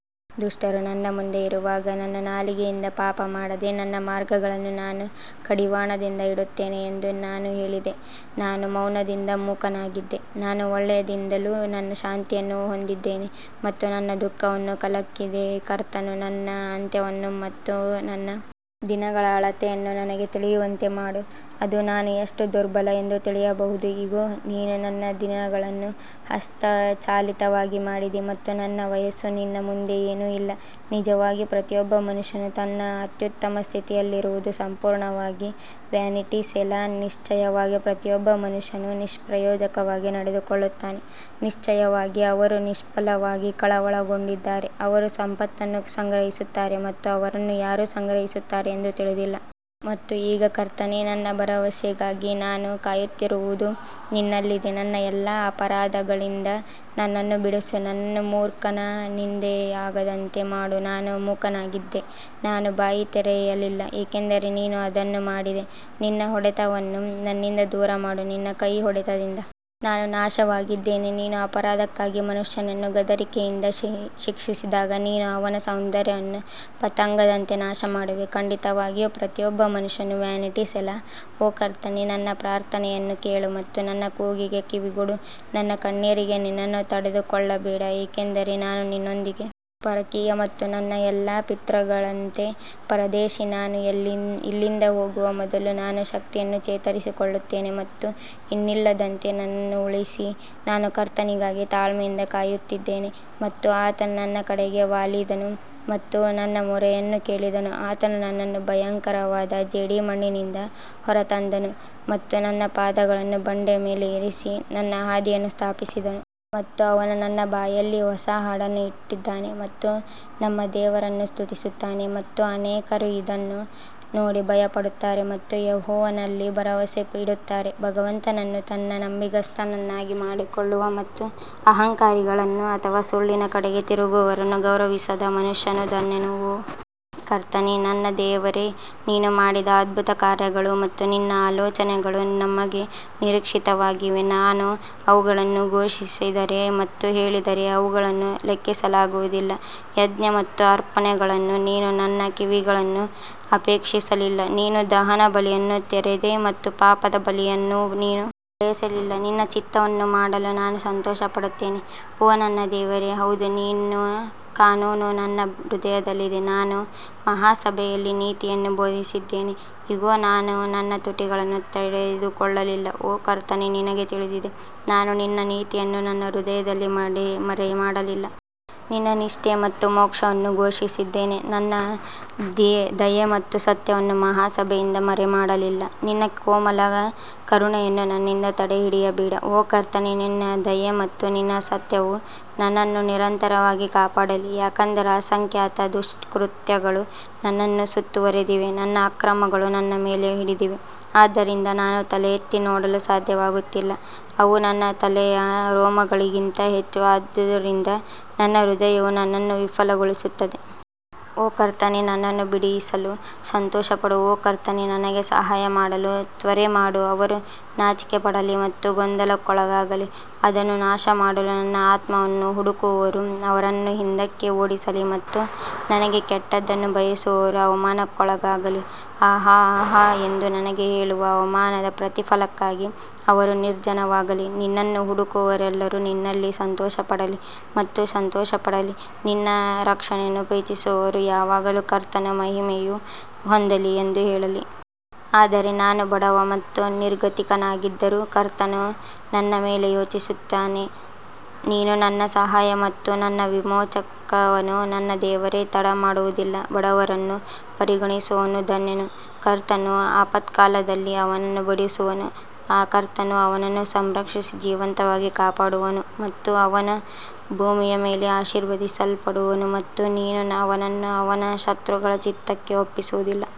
ದುಷ್ಟರು ನನ್ನ ಮುಂದೆ ಇರುವಾಗ ನನ್ನ ನಾಲಿಗೆಯಿಂದ ಪಾಪ ಮಾಡದೆ ನನ್ನ ಮಾರ್ಗಗಳನ್ನು ನಾನು ಕಡಿವಾಣದಿಂದ ಇಡುತ್ತೇನೆ ಎಂದು ನಾನು ಹೇಳಿದೆ ನಾನು ಮೌನದಿಂದ ಮೂಕನಾಗಿದ್ದೆ, ನಾನು ಒಳ್ಳೆಯದಿಂದಲೂ ನನ್ನ ಶಾಂತಿಯನ್ನು ಹೊಂದಿದ್ದೇನೆ ಮತ್ತು ನನ್ನ ದುಃಖವನ್ನು ಕಲಕಿದೆ ಕರ್ತನು ನನ್ನ ಅಂತ್ಯವನ್ನು ಮತ್ತು ನನ್ನ ದಿನಗಳ ಅಳತೆಯನ್ನು ನನಗೆ ತಿಳಿಯುವಂತೆ ಮಾಡು, ಅದು ನಾನು ಎಷ್ಟು ದುರ್ಬಲ ಎಂದು ತಿಳಿಯಬಹುದು ಇಗೋ, ನೀನು ನನ್ನ ದಿನಗಳನ್ನು ಹಸ್ತಚಾಲಿತವಾಗಿ ಮಾಡಿದಿ ಮತ್ತು ನನ್ನ ವಯಸ್ಸು ನಿನ್ನ ಮುಂದೆ ಏನೂ ಇಲ್ಲ, ನಿಜವಾಗಿ ಪ್ರತಿಯೊಬ್ಬ ಮನುಷ್ಯನು ತನ್ನ ಅತ್ಯುತ್ತಮ ಸ್ಥಿತಿಯಲ್ಲಿರುವುದು ಸಂಪೂರ್ಣವಾಗಿ ವ್ಯಾನಿಟಿ ಸೆಲಾ ನಿಶ್ಚಯವಾಗಿ ಪ್ರತಿಯೊಬ್ಬ ಮನುಷ್ಯನು ನಿಷ್ಪ್ರಯೋಜಕವಾಗಿ ನಡೆದುಕೊಳ್ಳುತ್ತಾನೆ, ನಿಶ್ಚಯವಾಗಿ ಅವರು ನಿಷ್ಫಲವಾಗಿ ಕಳವಳಗೊಂಡಿದ್ದಾರೆ, ಅವರು ಸಂಪತ್ತನ್ನು ಸಂಗ್ರಹಿಸುತ್ತಾರೆ ಮತ್ತು ಅವರನ್ನು ಯಾರು ಸಂಗ್ರಹಿಸುತ್ತಾರೆ ಎಂದು ತಿಳಿದಿಲ್ಲ. ಮತ್ತು ಈಗ ಕರ್ತನೇ, ನನ್ನ ಭರವಸೆಗಾಗಿ ನಾನು ಕಾಯುತ್ತಿರುವುದು ನಿನ್ನಲ್ಲಿದೆ ನನ್ನ ಎಲ್ಲಾ ಅಪರಾಧಗಳಿಂದ ನನ್ನನ್ನು ಬಿಡಿಸು, ನನ್ನನ್ನು ಮೂರ್ಖನ ನಿಂದೆಯಾಗದಂತೆ ಮಾಡು ನಾನು ಮೂಕನಾಗಿದ್ದೆ ನಾನು ಬಾಯಿ ತೆರೆಯಲಿಲ್ಲ ಏಕೆಂದರೆ ನೀನು ಅದನ್ನು ಮಾಡಿದೆ ನಿನ್ನ ಹೊಡೆತವನ್ನು ನನ್ನಿಂದ ದೂರಮಾಡು ನಿನ್ನ ಕೈಯ ಹೊಡೆತದಿಂದ ನಾನು ನಾಶವಾಗಿದ್ದೇನೆ ನೀನು ಅಪರಾಧಕ್ಕಾಗಿ ಮನುಷ್ಯನನ್ನು ಗದರಿಕೆಯಿಂದ ಶಿಕ್ಷಿಸಿದಾಗ ನೀನು ಅವನ ಸೌಂದರ್ಯವನ್ನು ಪತಂಗದಂತೆ ನಾಶಮಾಡುವೆ, ಖಂಡಿತವಾಗಿಯೂ ಪ್ರತಿಯೊಬ್ಬ ಮನುಷ್ಯನು ವ್ಯಾನಿಟಿ ಸೆಲಾ ಓ ಕರ್ತನೇ ನನ್ನ ಪ್ರಾರ್ಥನೆಯನ್ನು ಕೇಳು ಮತ್ತು ನನ್ನ ಕೂಗಿಗೆ ಕಿವಿಗೊಡು ನನ್ನ ಕಣ್ಣೀರಿಗೆ ನಿನ್ನನ್ನು ತಡೆದುಕೊಳ್ಳಬೇಡ ಏಕೆಂದರೆ ನಾನು ನಿನ್ನೊಂದಿಗೆ ಪರಕೀಯ ಮತ್ತು ನನ್ನ ಎಲ್ಲಾ ಪಿತೃಗಳಂತೆ ಪರದೇಶಿ ನಾನು ಇಲ್ಲಿಂದ ಹೋಗುವ ಮೊದಲು ನಾನು ಶಕ್ತಿಯನ್ನು ಚೇತರಿಸಿಕೊಳ್ಳುತ್ತೇನೆ ಮತ್ತು ಇನ್ನಿಲ್ಲದಂತೆ ನನ್ನನ್ನು ಉಳಿಸಿ ನಾನು ಕರ್ತನಿಗಾಗಿ ತಾಳ್ಮೆಯಿಂದ ಕಾಯುತ್ತಿದ್ದೆನು ಮತ್ತು ಆತನು ನನ್ನ ಕಡೆಗೆ ವಾಲಿದನು ಮತ್ತು ನನ್ನ ಮೊರೆಯನ್ನು ಕೇಳಿದನು ಆತನು ನನ್ನನ್ನು ಭಯಂಕರವಾದ ಜೇಡಿಮಣ್ಣಿನಿಂದ ಹೊರತಂದನು ಮತ್ತು ನನ್ನ ಪಾದಗಳನ್ನು ಬಂಡೆಯ ಮೇಲೆ ಇರಿಸಿ ನನ್ನ ಹಾದಿಯನ್ನು ಸ್ಥಾಪಿಸಿದನು. ಮತ್ತು ಅವನು ನನ್ನ ಬಾಯಲ್ಲಿ ಹೊಸ ಹಾಡನ್ನು ಇಟ್ಟಿದ್ದಾನೆ ಮತ್ತು ನಮ್ಮ ದೇವರನ್ನು ಸ್ತುತಿಸುತ್ತಾನೆ ಮತ್ತು ಅನೇಕರು ಅದನ್ನು ನೋಡಿ ಭಯಪಡುತ್ತಾರೆ ಮತ್ತು ಯೆಹೋವನಲ್ಲಿ ಭರವಸೆಯಿಡುತ್ತಾರೆ. ಭಗವಂತನನ್ನು ತನ್ನ ನಂಬಿಗಸ್ತನನ್ನಾಗಿ ಮಾಡಿಕೊಳ್ಳುವ ಮತ್ತು ಅಹಂಕಾರಿಗಳನ್ನು ಅಥವಾ ಸುಳ್ಳಿನ ಕಡೆಗೆ ತಿರುಗುವವರನ್ನು ಗೌರವಿಸದ ಮನುಷ್ಯನು ಧನ್ಯನು ಓ ಕರ್ತನೇ, ನನ್ನ ದೇವರೇ, ನೀನು ಮಾಡಿದ ಅದ್ಭುತ ಕಾರ್ಯಗಳು ಮತ್ತು ನಿನ್ನ ಆಲೋಚನೆಗಳು ನಮಗೆ ನಿರೀಕ್ಷಿತವಾಗಿವೆ, ನಾನು ಅವುಗಳನ್ನು ಘೋಷಿಸಿದರೆ ಮತ್ತು ಹೇಳಿದರೆ ಅವುಗಳನ್ನು ಲೆಕ್ಕಿಸಲಾಗುವುದಿಲ್ಲ ಯಜ್ಞ ಮತ್ತು ಅರ್ಪಣೆಗಳನ್ನು ನೀನು ನನ್ನ ಕಿವಿಗಳನ್ನು ಅಪೇಕ್ಷಿಸಲಿಲ್ಲ, ನೀನು ದಹನಬಲಿಯನ್ನು ತೆರೆದೆ ಮತ್ತು ಪಾಪದ ಬಲಿಯನ್ನು ನೀನು ಬಯಸಲಿಲ್ಲ ನಿನ್ನ ಚಿತ್ತವನ್ನು ಮಾಡಲು ನಾನು ಸಂತೋಷಪಡುತ್ತೇನೆ ಓ ನನ್ನ ದೇವರೇ ಹೌದು ನಿನ್ನ ಕಾನೂನು ನನ್ನ ಹೃದಯದಲ್ಲಿದೆ ನಾನು ಮಹಾಸಭೆಯಲ್ಲಿ ನೀತಿಯನ್ನು ಬೋಧಿಸಿದ್ದೇನೆ ಇಗೋ ನಾನು ನನ್ನ ತುಟಿಗಳನ್ನು ತಡೆದುಕೊಳ್ಳಲಿಲ್ಲ ಓ ಕರ್ತನೇ ನಿನಗೆ ತಿಳಿದಿದೆ ನಾನು ನಿನ್ನ ನೀತಿಯನ್ನು ನನ್ನ ಹೃದಯದಲ್ಲಿ ಮರೆಮಾಡಲಿಲ್ಲ, ನಿನ್ನ ನಿಷ್ಠೆ ಮತ್ತು ಮೋಕ್ಷವನ್ನು ಘೋಷಿಸಿದ್ದೇನೆ, ನಿನ್ನ ದಯೆ ಮತ್ತು ಸತ್ಯವನ್ನು ಮಹಾ ಸಭೆಯಿಂದ ಮರೆಮಾಡಲಿಲ್ಲ ನಿನ್ನ ಕೋಮಲ ಕರುಣೆಯನ್ನು ನನ್ನಿಂದ ತಡೆಹಿಡಿಯಬೇಡ ಓ ಕರ್ತನೇ ನಿನ್ನ ದಯೆ ಮತ್ತು ನಿನ್ನ ಸತ್ಯವು ನನ್ನನ್ನು ನಿರಂತರವಾಗಿ ಕಾಪಾಡಲಿ ಯಾಕಂದರೆ ಅಸಂಖ್ಯಾತ ದುಷ್ಕೃತ್ಯಗಳು ನನ್ನನ್ನು ಸುತ್ತುವರೆದಿವೆ, ನನ್ನ ಅಕ್ರಮಗಳು ನನ್ನ ಮೇಲೆ ಹಿಡಿದಿವೆ, ಆದ್ದರಿಂದ ನಾನು ತಲೆಯೆತ್ತಿ ನೋಡಲು ಸಾಧ್ಯವಾಗುತ್ತಿಲ್ಲ, ಅವು ನನ್ನ ತಲೆಯ ರೋಮಗಳಿಗಿಂತ ಹೆಚ್ಚು, ಆದ್ದರಿಂದ ನನ್ನ ಹೃದಯವು ನನ್ನನ್ನು ವಿಫಲಗೊಳಿಸುತ್ತದೆ. ಓ ಕರ್ತನೇ ನನ್ನನ್ನು ಬಿಡಿಸಲು ಸಂತೋಷಪಡು ಓ ಕರ್ತನೇ ನನಗೆ ಸಹಾಯ ಮಾಡಲು ತ್ವರೆ ಮಾಡು ಅವರು ನಾಚಿಕೆಪಡಲಿ ಮತ್ತು ಗೊಂದಲಕ್ಕೊಳಗಾಗಲಿ, ಅದನ್ನು ನಾಶಮಾಡಲು ನನ್ನ ಆತ್ಮವನ್ನು ಹುಡುಕುವವರು ಅವರನ್ನು ಹಿಂದಕ್ಕೆ ಓಡಿಸಲಿ ಮತ್ತು ನನಗೆ ಕೆಟ್ಟದ್ದನ್ನು ಬಯಸುವವರು ಅವಮಾನಕ್ಕೊಳಗಾಗಲಿ. ಆಹಾ ಆಹಾ ಎಂದು ನನಗೆ ಹೇಳುವ ಅವಮಾನದ ಪ್ರತಿಫಲಕ್ಕಾಗಿ ಅವರು ನಿರ್ಜನವಾಗಲಿ ನಿನ್ನನ್ನು ಹುಡುಕುವವರೆಲ್ಲರೂ ನಿನ್ನಲ್ಲಿ ಸಂತೋಷಪಡಲಿ ಮತ್ತು ಸಂತೋಷಪಡಲಿ, ನಿನ್ನ ರಕ್ಷಣೆಯನ್ನು ಪ್ರೀತಿಸುವವರು ಯಾವಾಗಲೂ ಕರ್ತನು ಮಹಿಮೆ ಹೊಂದಲಿ ಎಂದು ಹೇಳಲಿ. ಆದರೆ ನಾನು ಬಡವ ಮತ್ತು ನಿರ್ಗತಿಕನಾಗಿದ್ದರೂ ಕರ್ತನು ನನ್ನ ಮೇಲೆ ಯೋಚಿಸುತ್ತಾನೆ ನೀನು ನನ್ನ ಸಹಾಯ ಮತ್ತು ನನ್ನ ವಿಮೋಚಕನು ನನ್ನ ದೇವರೇ ತಡಮಾಡುವುದಿಲ್ಲ ಬಡವರನ್ನು ಪರಿಗಣಿಸುವವನು ಧನ್ಯನು, ಕರ್ತನು ಆಪತ್ಕಾಲದಲ್ಲಿ ಅವನನ್ನು ಬಿಡಿಸುವನು ಕರ್ತನು ಅವನನ್ನು ಸಂರಕ್ಷಿಸಿ ಜೀವಂತವಾಗಿ ಕಾಪಾಡುವನು ಮತ್ತು ಅವನು ಭೂಮಿಯ ಮೇಲೆ ಆಶೀರ್ವದಿಸಲ್ಪಡುವನು ಮತ್ತು ನೀನು ಅವನನ್ನು ಅವನ ಶತ್ರುಗಳ ಚಿತ್ತಕ್ಕೆ ಒಪ್ಪಿಸುವುದಿಲ್ಲ.